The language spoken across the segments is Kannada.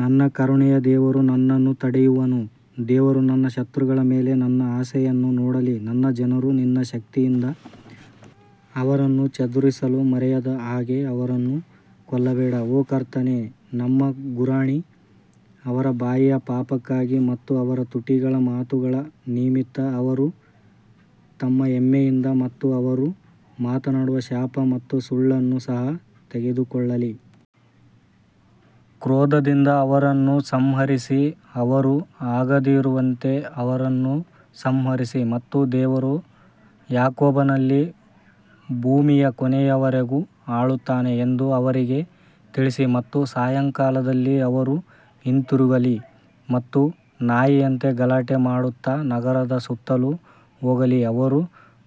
ನನ್ನ ಕರುಣೆಯ ದೇವರು ನನ್ನನ್ನು ತಡೆಯುವನು ದೇವರು ನನ್ನ ಶತ್ರುಗಳ ಮೇಲೆ ನನ್ನ ಆಸೆಯನ್ನು ನೋಡಲಿ ನನ್ನ ಜನರು ನಿನ್ನ ಶಕ್ತಿಯಿಂದ ಅವರನ್ನು ಚದುರಿಸಲು ಮರೆಯದ ಹಾಗೆ ಅವರನ್ನು ಕೊಲ್ಲಬೇಡ ಓ ಕರ್ತನೇ ನಮ್ಮ ಗುರಾಣಿ ಅವರ ಬಾಯಿಯ ಪಾಪಕ್ಕಾಗಿ ಮತ್ತು ಅವರ ತುಟಿಗಳ ಮಾತುಗಳ ನಿಮಿತ್ತ ಅವರು ತಮ್ಮ ಹೆಮ್ಮೆಯಿಂದ ಮತ್ತು ಅವರು ಮಾತನಾಡುವ ಶಾಪ ಮತ್ತು ಸುಳ್ಳನ್ನು ಸಹ ತೆಗೆದುಕೊಳ್ಳಲಿ. ಕ್ರೋಧದಿಂದ ಅವರನ್ನು ಸಂಹರಿಸಿ, ಅವರು ಆಗದಿರುವಂತೆ ಅವರನ್ನು ಸಂಹರಿಸಿ ಮತ್ತು ದೇವರು ಯಾಕೋಬನಲ್ಲಿ ಭೂಮಿಯ ಕೊನೆಯವರೆಗೂ ಆಳುತ್ತಾನೆ ಎಂದು ಅವರಿಗೆ ತಿಳಿಸಿ ಮತ್ತು ಸಾಯಂಕಾಲದಲ್ಲಿ ಅವರು ಹಿಂತಿರುಗಲಿ ಮತ್ತು ನಾಯಿಯಂತೆ ಗಲಾಟೆ ಮಾಡುತ್ತಾ ನಗರದ ಸುತ್ತಲೂ ಹೋಗಲಿ ಅವರು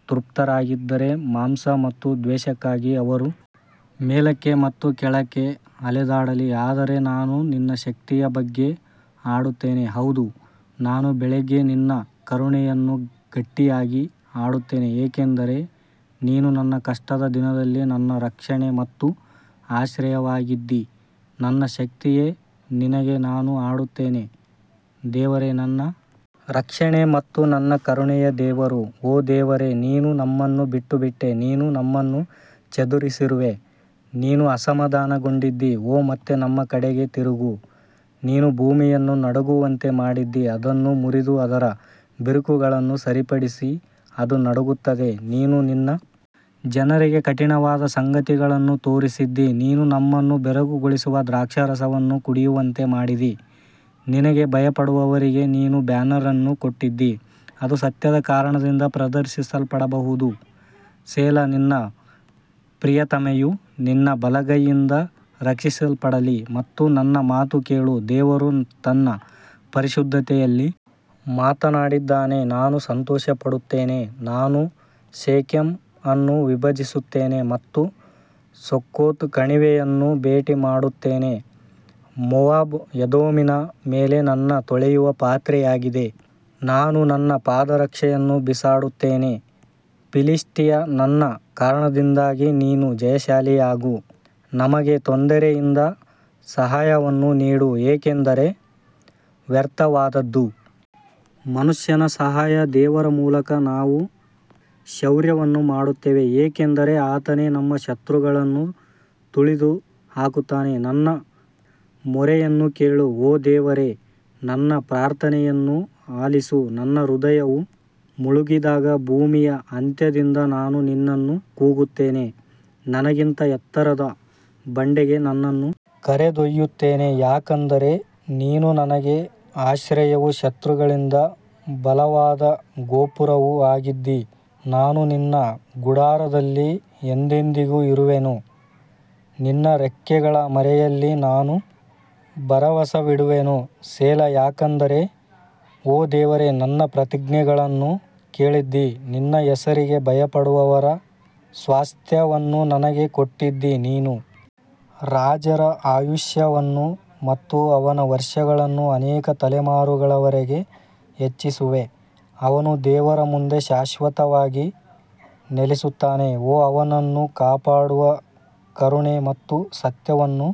ತೃಪ್ತರಾಗದಿದ್ದರೆ ಮಾಂಸ ಮತ್ತು ದ್ವೇಷಕ್ಕಾಗಿ ಅವರು ಮೇಲಕ್ಕೆ ಮತ್ತು ಕೆಳಕ್ಕೆ ಅಲೆದಾಡಲಿ ಆದರೆ ನಾನು ನಿನ್ನ ಶಕ್ತಿಯ ಬಗ್ಗೆ ಹಾಡುತ್ತೇನೆ ಹೌದು ನಾನು ಬೆಳಿಗ್ಗೆ ನಿನ್ನ ಕರುಣೆಯನ್ನು ಗಟ್ಟಿಯಾಗಿ ಹಾಡುತ್ತೇನೆ ಏಕೆಂದರೆ ನೀನು ನನ್ನ ಕಷ್ಟದ ದಿನದಲ್ಲಿ ನನ್ನ ರಕ್ಷಣೆ ಮತ್ತು ಆಶ್ರಯವಾಗಿದ್ದಿ ನನ್ನ ಶಕ್ತಿಯೇ ನಿನಗೆ ನಾನು ಹಾಡುತ್ತೇನೆ ದೇವರೇ ನನ್ನ ರಕ್ಷಣೆ ಮತ್ತು ನನ್ನ ಕರುಣೆಯ ದೇವರು ಓ ದೇವರೇ ನೀನು ನಮ್ಮನ್ನು ಬಿಟ್ಟುಬಿಟ್ಟೆ ನೀನು ನಮ್ಮನ್ನು ಚದುರಿಸಿರುವೆ ನೀನು ಅಸಮಾಧಾನಗೊಂಡಿದ್ದೀ ಓ ಮತ್ತೆ ನಮ್ಮ ಕಡೆಗೆ ತಿರುಗು ನೀನು ಭೂಮಿಯನ್ನು ನಡುಗುವಂತೆ ಮಾಡಿದ್ದೀ, ಅದನ್ನು ಮುರಿದು ಅದರ ಬಿರುಕುಗಳನ್ನು ಸರಿಪಡಿಸಿ, ಅದು ನಡುಗುತ್ತದೆ ನೀನು ನಿನ್ನ ಜನರಿಗೆ ಕಠಿಣವಾದ ಸಂಗತಿಗಳನ್ನು ತೋರಿಸಿದ್ದೀ, ನೀನು ನಮ್ಮನ್ನು ಬೆರಗುಗೊಳಿಸುವ ದ್ರಾಕ್ಷಾರಸವನ್ನು ಕುಡಿಯುವಂತೆ ಮಾಡಿದಿ ನಿನಗೆ ಭಯಪಡುವವರಿಗೆ ನೀನು ಬ್ಯಾನರ್ ಅನ್ನು ಕೊಟ್ಟಿದ್ದೀ, ಅದು ಸತ್ಯದ ಕಾರಣದಿಂದ ಪ್ರದರ್ಶಿಸಲ್ಪಡಬಹುದು ಸೆಲಾ ನಿನ್ನ ಪ್ರಿಯತಮೆಯು ನಿನ್ನ ಬಲಗೈಯಿಂದ ರಕ್ಷಿಸಲ್ಪಡಲಿ ಮತ್ತು ನನ್ನ ಮಾತು ಕೇಳು ದೇವರು ತನ್ನ ಪರಿಶುದ್ಧತೆಯಲ್ಲಿ ಮಾತನಾಡಿದ್ದಾನೆ ನಾನು ಸಂತೋಷಪಡುತ್ತೇನೆ ನಾನು ಶೆಕೆಮ್ ಅನ್ನು ವಿಭಜಿಸುತ್ತೇನೆ ಮತ್ತು ಸುಕ್ಕೋತ್ ಕಣಿವೆಯನ್ನು ಭೇಟಿ ಮಾಡುತ್ತೇನೆ ಮೋವಾಬ್ ಎದೋಮಿನ ಮೇಲೆ ನನ್ನ ತೊಳೆಯುವ ಪಾತ್ರೆಯಾಗಿದೆ ನಾನು ನನ್ನ ಪಾದರಕ್ಷೆಯನ್ನು ಬಿಸಾಡುತ್ತೇನೆ ಫಿಲಿಷ್ಟಿಯ ನನ್ನ ಕಾರಣದಿಂದಾಗಿ ನೀನು ಜಯಶಾಲಿಯಾಗು ನಮಗೆ ತೊಂದರೆಯಿಂದ ಸಹಾಯವನ್ನು ನೀಡು, ಏಕೆಂದರೆ ವ್ಯರ್ಥವಾದದ್ದು ಮನುಷ್ಯನ ಸಹಾಯ ದೇವರ ಮೂಲಕ ನಾವು ಶೌರ್ಯವನ್ನು ಮಾಡುತ್ತೇವೆ ಏಕೆಂದರೆ ಆತನೇ ನಮ್ಮ ಶತ್ರುಗಳನ್ನು ತುಳಿದು ಹಾಕುತ್ತಾನೆ ನನ್ನ ಮೊರೆಯನ್ನು ಕೇಳು ಓ ದೇವರೇ ನನ್ನ ಪ್ರಾರ್ಥನೆಯನ್ನು ಆಲಿಸು ನನ್ನ ಹೃದಯವು ಮುಳುಗಿದಾಗ ಭೂಮಿಯ ಅಂತ್ಯದಿಂದ ನಾನು ನಿನ್ನನ್ನು ಕೂಗುತ್ತೇನೆ, ನನಗಿಂತ ಎತ್ತರದ ಬಂಡೆಗೆ ನನ್ನನ್ನು ಕರೆದೊಯ್ಯುತ್ತೇನೆ ಯಾಕಂದರೆ ನೀನು ನನಗೆ ಆಶ್ರಯವೂ ಶತ್ರುಗಳಿಂದ ಬಲವಾದ ಗೋಪುರವೂ ಆಗಿದ್ದೀ ನಾನು ನಿನ್ನ ಗುಡಾರದಲ್ಲಿ ಎಂದೆಂದಿಗೂ ಇರುವೆನು ನಿನ್ನ ರೆಕ್ಕೆಗಳ ಮರೆಯಲ್ಲಿ ನಾನು ಭರವಸವಿಡುವೆನು ಸೆಲಾ ಯಾಕಂದರೆ ಓ ದೇವರೇ ನನ್ನ ಪ್ರತಿಜ್ಞೆಗಳನ್ನು ಕೇಳಿದ್ದೀ, ನಿನ್ನ ಹೆಸರಿಗೆ ಭಯಪಡುವವರ ಸ್ವಾಸ್ತ್ಯವನ್ನು ನನಗೆ ಕೊಟ್ಟಿದ್ದೀ ನೀನು ರಾಜರ ಆಯುಷ್ಯವನ್ನು ಮತ್ತು ಅವನ ವರ್ಷಗಳನ್ನು ಅನೇಕ ತಲೆಮಾರುಗಳವರೆಗೆ ಹೆಚ್ಚಿಸುವೆ ಅವನು ದೇವರ ಮುಂದೆ ಶಾಶ್ವತವಾಗಿ ನೆಲೆಸುತ್ತಾನೆ ಓ ಅವನನ್ನು ಕಾಪಾಡುವ ಕರುಣೆ ಮತ್ತು ಸತ್ಯವನ್ನು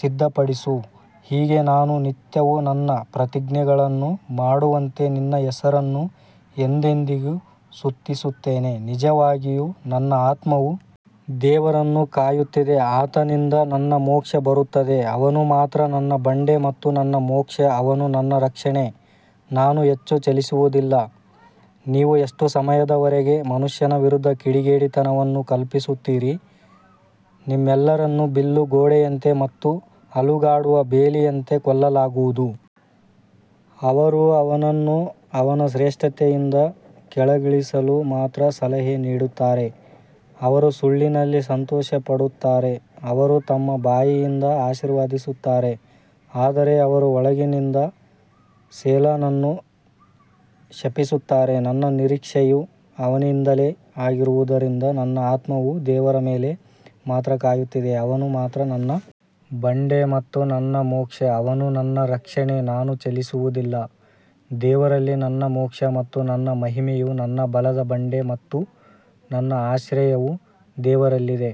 ಸಿದ್ಧಪಡಿಸು ಹೀಗೆ ನಾನು ನಿತ್ಯವೂ ನನ್ನ ಪ್ರತಿಜ್ಞೆಗಳನ್ನು ಮಾಡುವಂತೆ ನಿನ್ನ ಹೆಸರನ್ನು ಎಂದೆಂದಿಗೂ ಸ್ತುತಿಸುತ್ತೇನೆ ನಿಜವಾಗಿಯೂ ನನ್ನ ಆತ್ಮವು ದೇವರನ್ನು ಕಾಯುತ್ತಿದೆ ಆತನಿಂದ ನನ್ನ ಮೋಕ್ಷ ಬರುತ್ತದೆ ಅವನು ಮಾತ್ರ ನನ್ನ ಬಂಡೆ ಮತ್ತು ನನ್ನ ಮೋಕ್ಷ ಅವನು ನನ್ನ ರಕ್ಷಣೆ, ನಾನು ಹೆಚ್ಚು ಚಲಿಸುವುದಿಲ್ಲ ನೀವು ಎಷ್ಟು ಸಮಯದವರೆಗೆ ಮನುಷ್ಯನ ವಿರುದ್ಧ ಕಿಡಿಗೇಡಿತನವನ್ನು ಕಲ್ಪಿಸುತ್ತೀರಿ, ನಿಮ್ಮೆಲ್ಲರನ್ನು ಬಿಲ್ಲು ಗೋಡೆಯಂತೆ ಮತ್ತು ಅಲುಗಾಡುವ ಬೇಲಿಯಂತೆ ಕೊಲ್ಲಲಾಗುವುದು ಅವರು ಅವನನ್ನು ಅವನ ಶ್ರೇಷ್ಠತೆಯಿಂದ ಕೆಳಗಿಳಿಸಲು ಮಾತ್ರ ಸಲಹೆ ನೀಡುತ್ತಾರೆ ಅವರು ಸುಳ್ಳಿನಲ್ಲಿ ಸಂತೋಷಪಡುತ್ತಾರೆ ಅವರು ತಮ್ಮ ಬಾಯಿಯಿಂದ ಆಶೀರ್ವದಿಸುತ್ತಾರೆ ಆದರೆ ಅವರು ಒಳಗಿನಿಂದ ಸೆಲಾನನ್ನು ಶಪಿಸುತ್ತಾರೆ ನನ್ನ ನಿರೀಕ್ಷೆಯು ಅವನಿಂದಲೇ ಆಗಿರುವುದರಿಂದ ನನ್ನ ಆತ್ಮವು ದೇವರ ಮೇಲೆ ಮಾತ್ರ ಕಾಯುತ್ತಿದೆ ಅವನು ಮಾತ್ರ ನನ್ನ ಬಂಡೆ ಮತ್ತು ನನ್ನ ಮೋಕ್ಷ ಅವನು ನನ್ನ ರಕ್ಷಣೆ ನಾನು ಚಲಿಸುವುದಿಲ್ಲ ದೇವರಲ್ಲಿ ನನ್ನ ಮೋಕ್ಷ ಮತ್ತು ನನ್ನ ಮಹಿಮೆಯು ನನ್ನ ಬಲದ ಬಂಡೆ ಮತ್ತು ನನ್ನ ಆಶ್ರಯವು ದೇವರಲ್ಲಿದೆ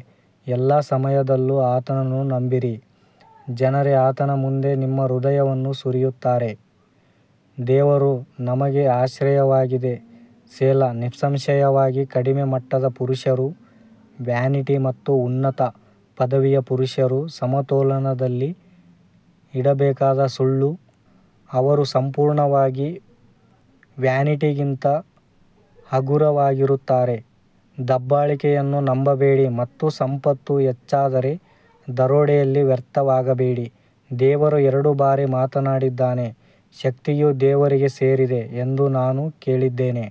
ಎಲ್ಲಾ ಸಮಯದಲ್ಲೂ ಆತನನ್ನು ನಂಬಿರಿ ಜನರೇ ಆತನ ಮುಂದೆ ನಿಮ್ಮ ಹೃದಯವನ್ನು ಸುರಿಯುತ್ತಾರೆ ದೇವರು ನಮಗೆ ಆಶ್ರಯವಾಗಿದೆ ಸೆಲಾ ನಿಸ್ಸಂಶಯವಾಗಿ ಕಡಿಮೆ ಮಟ್ಟದ ಪುರುಷರು ವ್ಯಾನಿಟಿ ಮತ್ತು ಉನ್ನತ ಪದವಿಯ ಪುರುಷರು ಸಮತೋಲನದಲ್ಲಿ ಇಡಬೇಕಾದ ಸುಳ್ಳು ಅವರು ಸಂಪೂರ್ಣವಾಗಿ ವ್ಯಾನಿಟಿಗಿಂತ ಹಗುರವಾಗಿರುತ್ತಾರೆ ದಬ್ಬಾಳಿಕೆಯನ್ನು ನಂಬಬೇಡಿ ಮತ್ತು ಸಂಪತ್ತು ಹೆಚ್ಚಾದರೆ ದರೋಡೆಯಲ್ಲಿ ವ್ಯರ್ಥವಾಗಬೇಡಿ ದೇವರು ಎರಡು ಬಾರಿ ಮಾತನಾಡಿದ್ದಾನೆ, ಶಕ್ತಿಯು ದೇವರಿಗೆ ಸೇರಿದೆ ಎಂದು ನಾನು ಕೇಳಿದ್ದೇನೆ.